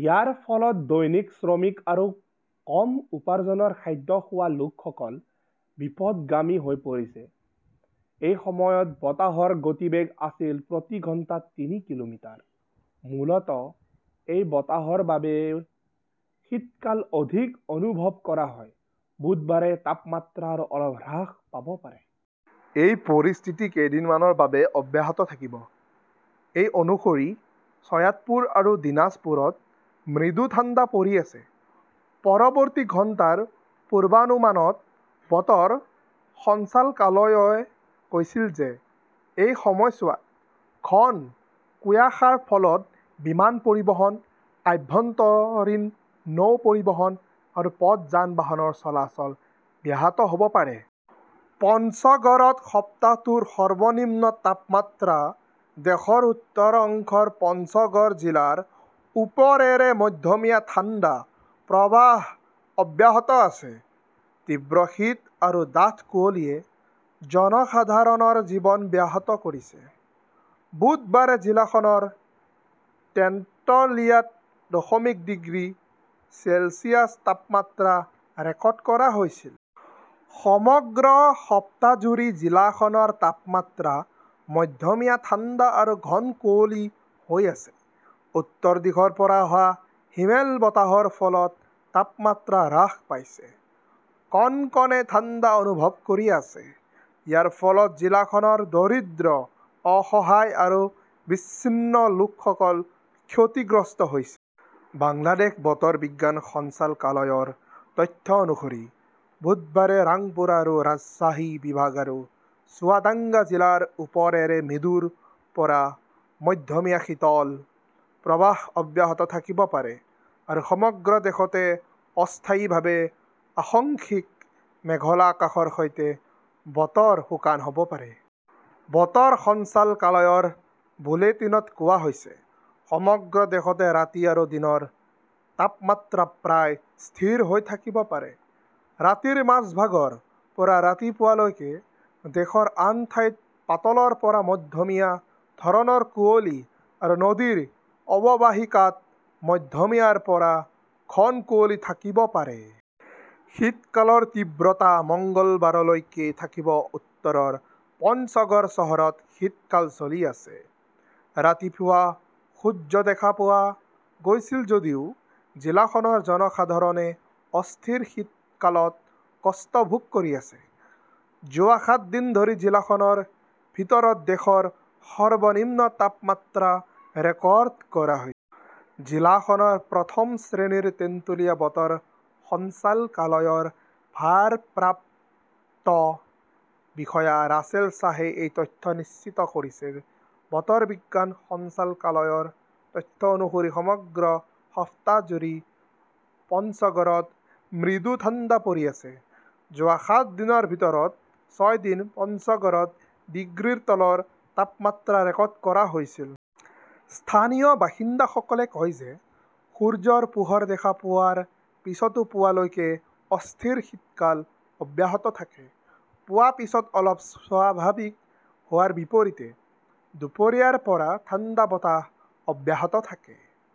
ইয়াৰ ফলত দৈনিক শ্ৰমিক আৰু কম উপাৰ্জনৰ খাদ্য খোৱা লোকসকল বিপথগামী হৈ পৰিছে। এই সময়ত বতাহৰ গতিবেগ আছিল প্ৰতি ঘণ্টাত তিনি কিলোমিটাৰ। মূলতঃ এই বতাহৰ বাবেই শীতকাল অধিক অনুভৱ কৰা হয়। বুধবাৰে তাপমাত্ৰা আৰু অলপ হ্ৰাস পাব পাৰে। এই পৰিস্থিতি কেইদিনমানৰ বাবে অব্যাহত থাকিব। সেই অনুসৰি, চৈয়াদপুৰ আৰু দিনাজপুৰত মৃদু ঠাণ্ডা পৰি আছে। পৰৱৰ্তী ঘণ্টাৰ পূৰ্বানুমানত বতৰ সঞ্চালকালয়ই কৈছিল যে, এই সময়ছোৱাত ঘন কুয়াশাৰ ফলত বিমান পৰিবহণ, আভ্যন্তৰীণ নৌ পৰিবহণ আৰু পথত যান-বাহনৰ চলাচল ব্যাহত হ 'ব পাৰে। পঞ্চগড়ত সপ্তাহটোৰ সৰ্বনিম্ন তাপমাত্ৰা দেশৰ উত্তৰ অংশৰ পঞ্চগড় জিলাৰ ওপৰেৰে মধ্যমীয়া ঠাণ্ডা প্ৰৱাহ অব্যাহত আছে। তীব্ৰ শীত আৰু ডাঠ কুঁৱলীয়ে জনসাধাৰণৰ জীৱন ব্যাহত কৰিছে। বুধবাৰে জিলাখনৰ তেন্তুলিয়াত দশমিক ডিগ্ৰী চেলছিয়াছ তাপমাত্ৰা ৰেকৰ্ড কৰা হৈছিল। সমগ্ৰ সপ্তাহজুৰি জিলাখনৰ তাপমাত্ৰা মধ্যমীয়া ঠাণ্ডা আৰু ঘন কুঁৱলী হৈ আছে। উত্তৰ দিশৰ পৰা অহা হিমেল বতাহৰ ফলত তাপমাত্ৰা হ্ৰাস পাইছে। কনকনে ঠাণ্ডা অনুভৱ কৰি আছে। ইয়াৰ ফলত জিলাখনৰ দৰিদ্ৰ, অসহায় আৰু বিচ্ছিন্ন লোকসকল ক্ষতিগ্ৰস্ত হৈছে। বাংলাদেশ বতৰ বিজ্ঞান সঞ্চালকালয়ৰ তথ্য অনুসৰি বুধবাৰে ৰাংপুৰ আৰু ৰাজশ্বাহী বিভাগ আৰু চুৱাদাঙ্গা জিলাৰ ওপৰেৰে মৃদুৰ পৰা মধ্যমীয়া শীতল প্ৰৱাহ অব্যাহত থাকিব পাৰে আৰু সমগ্ৰ দেশতে অস্থায়ীভাৱে আশংশিক মেঘলা আকাশৰ সৈতে বতৰ শুকান হ'ব পাৰে। বতৰ সঞ্চালকালয়ৰ বুলেটিনত কোৱা হৈছে। সমগ্ৰ দেশতে ৰাতি আৰু দিনৰ তাপমাত্ৰা প্ৰায় স্থিৰ হৈ থাকিব পাৰে। ৰাতিৰ মাজভাগৰ পৰা ৰাতিপুৱা লৈকে দেশৰ আন ঠাইত পাতলৰ পৰা মধ্যমীয়া ধৰণৰ কুঁৱলী আৰু নদীৰ অৱবাহিকাত মধ্যমীয়াৰ পৰা ঘন কুঁৱলী থাকিব পাৰে। শীতকালৰ তীব্ৰতা মঙলবাৰলৈকে থাকিব। উত্তৰৰ পঞ্চগড় চহৰত শীতকাল চলি আছে। ৰাতিপুৱা সূৰ্য দেখা পোৱা গৈছিল যদিও জিলাখনৰ জনসাধাৰণে অস্থিৰ শীতকালত কষ্ট ভোগ কৰি আছে। যোৱা সাত দিন ধৰি জিলাখনৰ ভিতৰত দেশৰ সৰ্বনিম্ন তাপমাত্ৰা ৰেকৰ্ড কৰা হৈছে। জিলাখনৰ প্ৰথম শ্ৰেণীৰ টেন্টুলিয়া বতৰ সঞ্চালকালয়ৰ ভাৰপ্ৰাপ্ত বিষয়া ৰাছেল শ্বাহে এই তথ্য নিশ্চিত কৰিছে। বতৰ বিজ্ঞান সঞ্চালকালয়ৰ তথ্য অনুসৰি সমগ্ৰ সপ্তাহজুৰি পঞ্চগৰত মৃদু ঠাণ্ডা পৰি আছে। যোৱা সাত দিনৰ ভিতৰত ছয় দিন পঞ্চগড়ত ডিগ্ৰীৰ তলৰ তাপমাত্ৰা ৰেকৰ্ড কৰা হৈছিল। স্থানীয় বাসিন্দাসকলে কয় যে, সূৰ্যৰ পোহৰ দেখা পোৱাৰ পিছতো পুৱালৈকে অস্থিৰ শীতকাল অব্যাহত থাকে। পুৱা পিছত অলপ স্বাভাৱিক হোৱাৰ বিপৰীতে দুপৰীয়াৰ পৰাই ঠাণ্ডা বতাহ অব্যাহত থাকে।